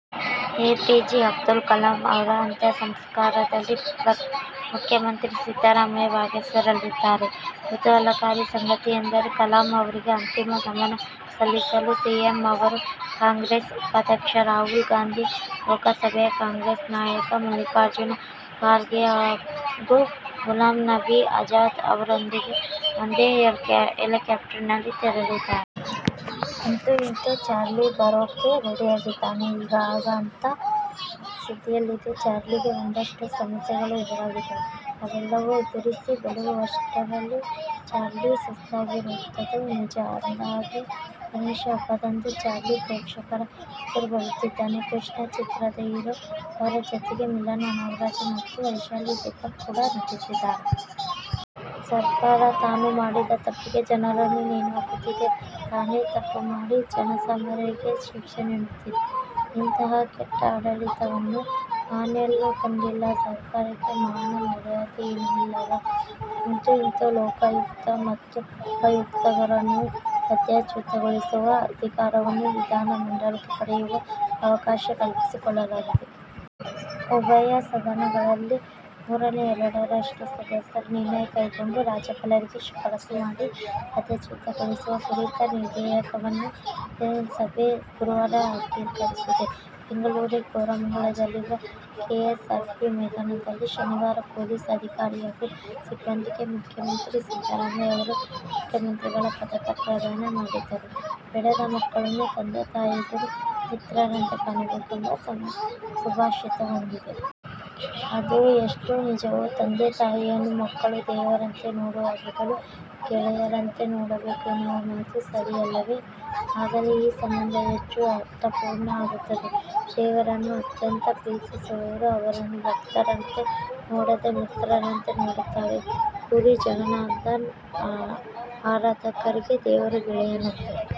A. P. J Abdul Kalam ಅವರ ಅಂತ್ಯಸಂಸ್ಕಾರದಲ್ಲಿ ಮುಖ್ಯಮಂತ್ರಿ ಸಿದ್ದರಾಮಯ್ಯ ಭಾಗವಹಿಸಲಿದ್ದಾರೆ. ಕುತೂಹಲಕಾರಿ ಸಂಗತಿಯೆಂದರೆ, ಕಲಾಂ ಅವರಿಗೆ ಅಂತಿಮ ನಮನ ಸಲ್ಲಿಸಲು ಸಿಎಂ ಅವರು ಕಾಂಗ್ರೆಸ್ ಉಪಾಧ್ಯಕ್ಷ ರಾಹುಲ್ ಗಾಂಧಿ, ಲೋಕಸಭೆಯ ಕಾಂಗ್ರೆಸ್ ನಾಯಕ ಮಲ್ಲಿಕಾರ್ಜುನ ಖರ್ಗೆ ಹಾಗೂ ಗುಲಾಂ ನಬಿ ಆಜಾದ್ ಅವರೊಂದಿಗೆ ಒಂದೇ ಹೆಲಿಕಾಪ್ಟರ್ನಲ್ಲಿ ತೆರಳಲಿದ್ದಾರೆ. ಅಂತೂ ಇಂತೂ "ಚಾರ್ಲಿ' ಬರೋಕೆ ರೆಡಿಯಾಗಿದ್ದಾನೆ. ಈಗ, ಆಗ ಅಂತ ಸುದ್ದಿಯಲ್ಲಿದ್ದ "ಚಾರ್ಲಿ'ಗೆ ಒಂದಷ್ಟು ಸಮಸ್ಯೆಗಳು ಎದುರಾಗಿದ್ದವು. ಅವೆಲ್ಲವನ್ನು ಎದುರಿಸಿ ಬರುವಷ್ಟರೊಳಗೆ "ಚಾರ್ಲಿ' ಸುಸ್ತಾಗಿರೋದಂತೂ ನಿಜ. ಅಂದಹಾಗೆ, ಗಣೇಶ ಹಬ್ಬದಂದು "ಚಾರ್ಲಿ' ಪ್ರೇಕ್ಷಕರ ಎದುರು ಬರುತ್ತಿದ್ದಾನೆ. ಕೃಷ್ಣ ಚಿತ್ರದ ಹೀರೋ. ಅವರ ಜತೆಗೆ ಮಿಲನ ನಾಗರಾಜ್ ಮತ್ತು ವೈಶಾಲಿ ದೀಪಕ್ ಕೂಡ ನಟಿಸಿದ್ದಾರೆ. "ಸರ್ಕಾರ ತಾನು ಮಾಡಿದ ತಪ್ಪಿಗೆ ಜನರನ್ನು ನೇಣು ಹಾಕುತ್ತಿದೆ. ತಾನೇ ತಪ್ಪು ಮಾಡಿ ಜನಸಾಮಾನ್ಯರಿಗೆ ಶಿಕ್ಷೆ ನೀಡುತ್ತಿದೆ. ಇಂತಹಾ ಕೆಟ್ಟ ಆಡಳಿತವನ್ನು ನಾನೆಲ್ಲೂ ಕಂಡಿಲ್ಲ, ಸರ್ಕಾರಕ್ಕೆ ಮಾನ ಮರ್ಯಾದೆ ಏನು ಇಲ್ಲವಾ' ಅಂತೂ ಇಂತೂ ಲೋಕಾಯುಕ್ತ ಹಾಗೂ ಉಪ ಲೋಕಾಯುಕ್ತರನ್ನು ಪದಚ್ಯುತಗೊಳಿಸುವ ಅಧಿಕಾರವನ್ನು ವಿಧಾನಮಂಡಲಕ್ಕೆ ಪಡೆಯುವ ಅವಕಾಶವನ್ನು ಕಲ್ಪಿಸಿಕೊಳ್ಳಲಾಗಿದೆ. ಉಭಯ ಸದನಗಳಲ್ಲಿ ಮೂರನೇ ಎರಡರಷ್ಟು ಸದಸ್ಯರು ನಿರ್ಣಯ ಕೈಗೊಂಡು ರಾಜ್ಯಪಾಲರಿಗೆ ಶಿಫಾರಸು ಮಾಡಿ, ಪದಚ್ಯುತಗೊಳಿಸುವ ಕುರಿತ ವಿಧೇಯಕವನ್ನು ವಿಧಾನಸಭೆ ಗುರುವಾರ ಅಂಗೀಕರಿಸಿದೆ. ಬೆಂಗಳೂರಿನ ಕೋರಮಂಗಲದಲ್ಲಿರುವ ಕೆಎಸ್ಆರ್ಪಿ ಮೈದಾನದಲ್ಲಿ ಶನಿವಾರ ಪೊಲೀಸ್ ಅಧಿಕಾರಿ ಹಾಗೂ ಸಿಬ್ಬಂದಿಗೆ ಮುಖ್ಯಮಂತ್ರಿ ಸಿದ್ದರಾಮಯ್ಯ ಅವರು "ಮುಖ್ಯಮಂತ್ರಿಗಳ ಪದಕ' ಪ್ರದಾನ ಮಾಡಿದರು. ಬೆಳೆದ ಮಕ್ಕಳನ್ನು ತಂದೆ- ತಾಯಂದಿರು ಮಿತ್ರರಂತೆ ಕಾಣಬೇಕು ಎಂಬ ಸುಭಾಷಿತವೊಂದಿದೆ. ಅದು ಎಷ್ಟು ನಿಜವೋ, ತಂದೆ- ತಾಯಿಯನ್ನು ಮಕ್ಕಳು ದೇವರಂತೆ ನೋಡುವ ಬದಲು ಗೆಳೆಯರಂತೆ ನೋಡಬೇಕು ಎನ್ನುವ ಮಾತೂ ಸರಿಯಲ್ಲವೇ? ಆಗಲೇ ಆ ಸಂಬಂಧ ಹೆಚ್ಚು ಅರ್ಥಪೂರ್ಣ ಆಗುತ್ತದೆ. ದೇವರನ್ನು ಅತ್ಯಂತ ಪ್ರೀತಿಸುವವರು ಅವರನ್ನು ಭಕ್ತರಂತೆ ನೋಡದೆ, ಮಿತ್ರರಂತೆ ನೋಡುತ್ತಾರೆ. ಪುರಿ ಜಗನ್ನಾಥನ ಆರಾಧಕರಿಗೆ ದೇವರು ಗೆಳೆಯನಂತೆ.